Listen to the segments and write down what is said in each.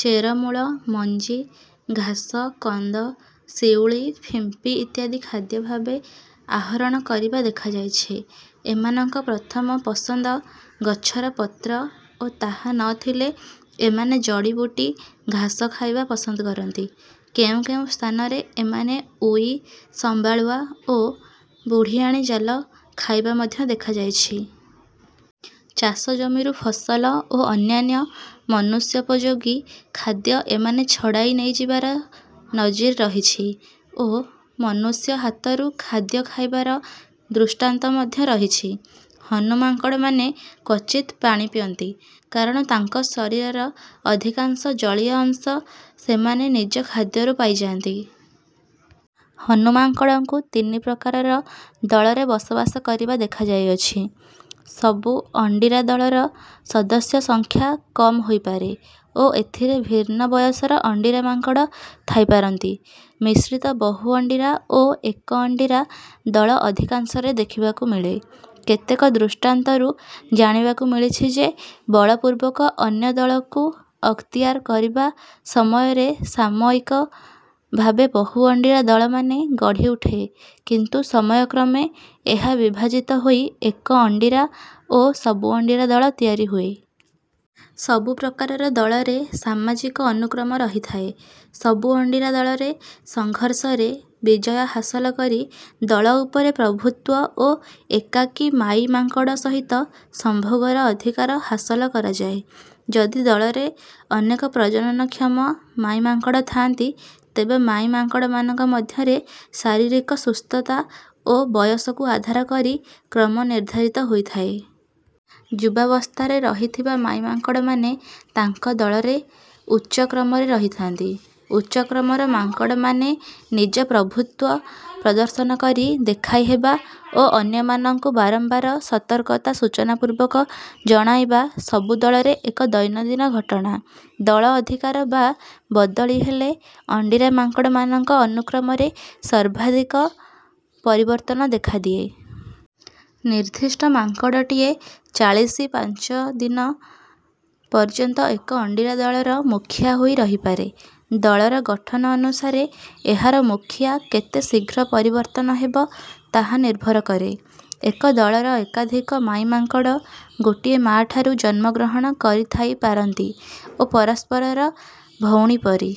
ଚେରମୂଳ, ମଞ୍ଜି, ଘାସ, କନ୍ଦ, ଶିଉଳି, ଫିମ୍ପି ଇତ୍ୟାଦି ଖାଦ୍ୟ ଭାବେ ଆହରଣ କରିବା ଦେଖାଯାଇଛି। ଏମାନଙ୍କ ପ୍ରଥମ ପସନ୍ଦ ଗଛର ପତ୍ର ଓ ତାହା ନ ଥିଲେ ଏମାନେ ଜଡ଼ିବୁଟି, ଘାସ ଖାଇବା ପସନ୍ଦ କରନ୍ତି। କେଉଁ କେଉଁ ସ୍ଥାନରେ ଏମାନେ ଉଇ, ସମ୍ବାଳୁଆ ଓ ବୁଢ଼ିଆଣୀ ଜାଲ ଖାଇବା ମଧ୍ୟ ଦେଖାଯାଇଛି। ଚାଷ ଜମିରୁ ଫସଲ ଓ ଅନ୍ୟାନ୍ୟ ମନୁଷ୍ୟୋପଯୋଗୀ ଖାଦ୍ୟ ଏମାନେ ଛଡ଼ାଇ ନେଇଯିବାର ନଜିର ରହିଛି ଓ ମନୁଷ୍ୟ ହାତରୁ ଖାଦ୍ୟ ଖାଇବାର ଦୃଷ୍ଟାନ୍ତ ମଧ୍ୟ ରହିଛି। ହନୁ ମାଙ୍କଡ଼ମାନେ କ୍ୱଚିତ ପାଣି ପିଅନ୍ତି; କାରଣ ତାଙ୍କ ଶରୀରର ଅଧିକାଂଶ ଜଳୀୟ ଅଂଶ ସେମାନେ ନିଜ ଖାଦ୍ୟରୁ ପାଇଯାନ୍ତି। ହନୁ ମାଙ୍କଡ଼ମାନଙ୍କୁ ତିନି ପ୍ରକାରର ଦଳରେ ବସବାସ କରିବା ଦେଖାଯାଇଛି: ସବୁ-ଅଣ୍ଡିରା ଦଳର ସଦସ୍ୟ ସଂଖ୍ୟା କମ ହୋଇପାରେ ଓ ଏଥିରେ ଭିନ୍ନ ବୟସର ଅଣ୍ଡିରା ମାଙ୍କଡ଼ ଥାଇପାରନ୍ତି। ମିଶ୍ରିତ ବହୁ-ଅଣ୍ଡିରା ଓ ଏକ-ଅଣ୍ଡିରା ଦଳ ଅଧିକାଂଶରେ ଦେଖିବାକୁ ମିଳେ। କେତେକ ଦୃଷ୍ଟାନ୍ତରୁ ଜାଣିବାକୁ ମିଳିଛି ଯେ ବଳପୂର୍ବକ ଅନ୍ୟ ଦଳକୁ ଅକ୍ତିଆର କରିବା ସମୟରେ ସାମୟିକ ଭାବେ ବହୁ-ଅଣ୍ଡିରା ଦଳମାନେ ଗଢ଼ିଉଠେ କିନ୍ତୁ ସମୟକ୍ରମେ ଏହା ବିଭାଜିତ ହୋଇ ଏକ-ଅଣ୍ଡିରା ଓ ସବୁ-ଅଣ୍ଡିରା ଦଳ ତିଆରି ହୁଏ। ସବୁ ପ୍ରକାରର ଦଳରେ ସାମାଜିକ ଅନୁକ୍ରମ ରହିଥାଏ। ସବୁ-ଅଣ୍ଡିରା ଦଳରେ ସଂଘର୍ଷରେ ବିଜୟ ହାସଲ କରି ଦଳ ଉପରେ ପ୍ରଭୁତ୍ୱ ଓ ଏକାକୀ ମାଈ ମାଙ୍କଡ଼ ସହିତ ସମ୍ଭୋଗର ଅଧିକାର ହାସଲ କରାଯାଏ। ଯଦି ଦଳରେ ଅନେକ ପ୍ରଜନନକ୍ଷମ ମାଈ ମାଙ୍କଡ଼ ଥାନ୍ତି, ତେବେ ମାଈ ମାଙ୍କଡ଼ମାନଙ୍କ ମଧ୍ୟରେ ଶାରୀରିକ ସୁସ୍ଥତା ଓ ବୟସକୁ ଆଧାର କରି କ୍ରମ ନିର୍ଦ୍ଧାରିତ ହୋଇଥାଏ। ଯୁବାବସ୍ଥାରେ ରହିଥିବା ମାଈ ମାଙ୍କଡ଼ମାନେ ତାଙ୍କ ଦଳରେ ଉଚ୍ଚ କ୍ରମରେ ରହିଥାନ୍ତି। ଉଚ୍ଚ କ୍ରମର ମାଙ୍କଡ଼ମାନେ ନିଜ ପ୍ରଭୁତ୍ୱ ପ୍ରଦର୍ଶନ କରି ଦେଖାଇହେବା ଓ ଅନ୍ୟମାନଙ୍କୁ ବାରମ୍ବାର ସତର୍କତା ସୂଚନାପୂର୍ବକ ଜଣାଇବା ସବୁ ଦଳରେ ଏକ ଦୈନନ୍ଦିନ ଘଟଣା। ଦଳ ଅଧିକାର ବା ବଦଳି ହେଲେ ଅଣ୍ଡିରା ମାଙ୍କଡ଼ମାନଙ୍କ ଅନୁକ୍ରମରେ ସର୍ବାଧିକ ପରିବର୍ତ୍ତନ ଦେଖାଦିଏ। ନିର୍ଦ୍ଦିଷ୍ଟ ମାଙ୍କଡ଼ଟିଏ ଚାଳିଶି ପାଞ୍ଚ ଦିନ ପର୍ଯ୍ୟନ୍ତ ଏକ-ଅଣ୍ଡିରା ଦଳର ମୁଖିଆ ହୋଇ ରହିପାରେ। ଦଳର ଗଠନ ଅନୁସାରେ ଏହାର ମୁଖିଆ କେତେ ଶୀଘ୍ର ପରିବର୍ତ୍ତନ ହେବ ତାହା ନିର୍ଭର କରେ। ଏକ ଦଳର ଏକାଧିକ ମାଈ ମାଙ୍କଡ଼ ଗୋଟିଏ ମା'ଠାରୁ ଜନ୍ମଗ୍ରହଣ କରିଥାଇପାରନ୍ତି ଓ ପରସ୍ପରର ଭଉଣୀ ପରି।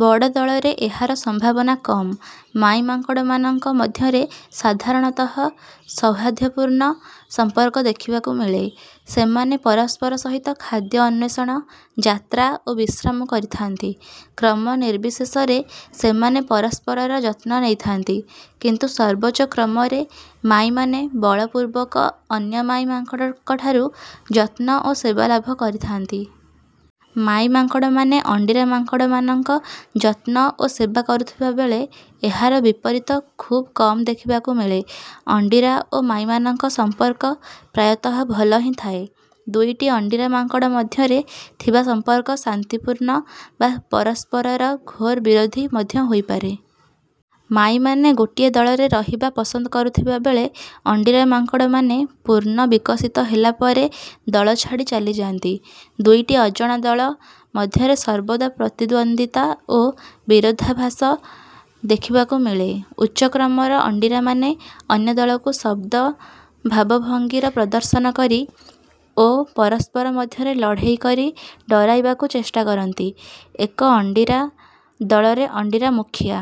ବଡ଼ ଦଳରେ ଏହାର ସମ୍ଭାବନା କମ। ମାଈ ମାଙ୍କଡ଼ମାନଙ୍କ ମଧ୍ୟରେ ସାଧାରଣତଃ ସୌହାର୍ଦ୍ଦ୍ୟପୂର୍ଣ୍ଣ ସମ୍ପର୍କ ଦେଖିବାକୁ ମିଳେ। ସେମାନେ ପରସ୍ପର ସହିତ ଖାଦ୍ୟ ଅନ୍ୱେଷଣ, ଯାତ୍ରା ଓ ବିଶ୍ରାମ କରିଥାନ୍ତି। କ୍ରମ ନିର୍ବିଶେଷରେ ସେମାନେ ପରସ୍ପରର ଯତ୍ନ ନେଇଥାନ୍ତି। କିନ୍ତୁ ସର୍ବୋଚ୍ଚ-କ୍ରମରେ ମାଈମାନେ ବଳପୂର୍ବକ ଅନ୍ୟ ମାଈ ମାଙ୍କଡ଼ମାନଙ୍କଠାରୁ ଯତ୍ନ ଓ ସେବା ଲାଭ କରିଥାନ୍ତି। ମାଈ ମାଙ୍କଡ଼ମାନେ ଅଣ୍ଡିରା ମାଙ୍କଡ଼ମାନଙ୍କ ଯତ୍ନ ଓ ସେବା କରୁଥିବା ବେଳେ ଏହାର ବିପରୀତ ଖୁବ କମ ଦେଖିବାକୁ ମିଳେ। ଅଣ୍ଡିରା ଓ ମାଈମାନଙ୍କ ସମ୍ପର୍କ ପ୍ରାୟତଃ ଭଲ ହିଁ ଥାଏ। ଦୁଇଟି ଅଣ୍ଡିରା ମାଙ୍କଡ଼ ମଧ୍ୟରେ ଥିବା ସମ୍ପର୍କ ଶାନ୍ତିପୂର୍ଣ୍ଣ ବା ପରସ୍ପରର ଘୋର ବିରୋଧୀ ମଧ୍ୟ ହୋଇପାରେ। ମାଈମାନେ ଗୋଟିଏ ଦଳରେ ରହିବା ପସନ୍ଦ କରୁଥିବା ବେଳେ ଅଣ୍ଡିରା ମାଙ୍କଡ଼ମାନେ ପୂର୍ଣ୍ଣ ବିକଶିତ ହେଲା ପରେ ଦଳ ଛାଡ଼ି ଚାଲିଯାଆନ୍ତି। ଦୁଇଟି ଅଜଣା ଦଳ ମଧ୍ୟରେ ସର୍ବଦା ପ୍ରତିଦ୍ୱନ୍ଦ୍ୱିତା ଓ ବିରୋଧାଭାସ ଦେଖିବାକୁ ମିଳେ। ଉଚ୍ଚ କ୍ରମର ଅଣ୍ଡିରାମାନେ ଅନ୍ୟ ଦଳକୁ ଶବ୍ଦ, ଭାବଭଙ୍ଗୀର ପ୍ରଦର୍ଶନ କରି ଓ ପରସ୍ପର ମଧ୍ୟରେ ଲଢ଼େଇ କରି ଡରାଇବାକୁ ଚେଷ୍ଟା କରନ୍ତି। ଏକ-ଅଣ୍ଡିରା ଦଳରେ ଅଣ୍ଡିରା ମୁଖିଆ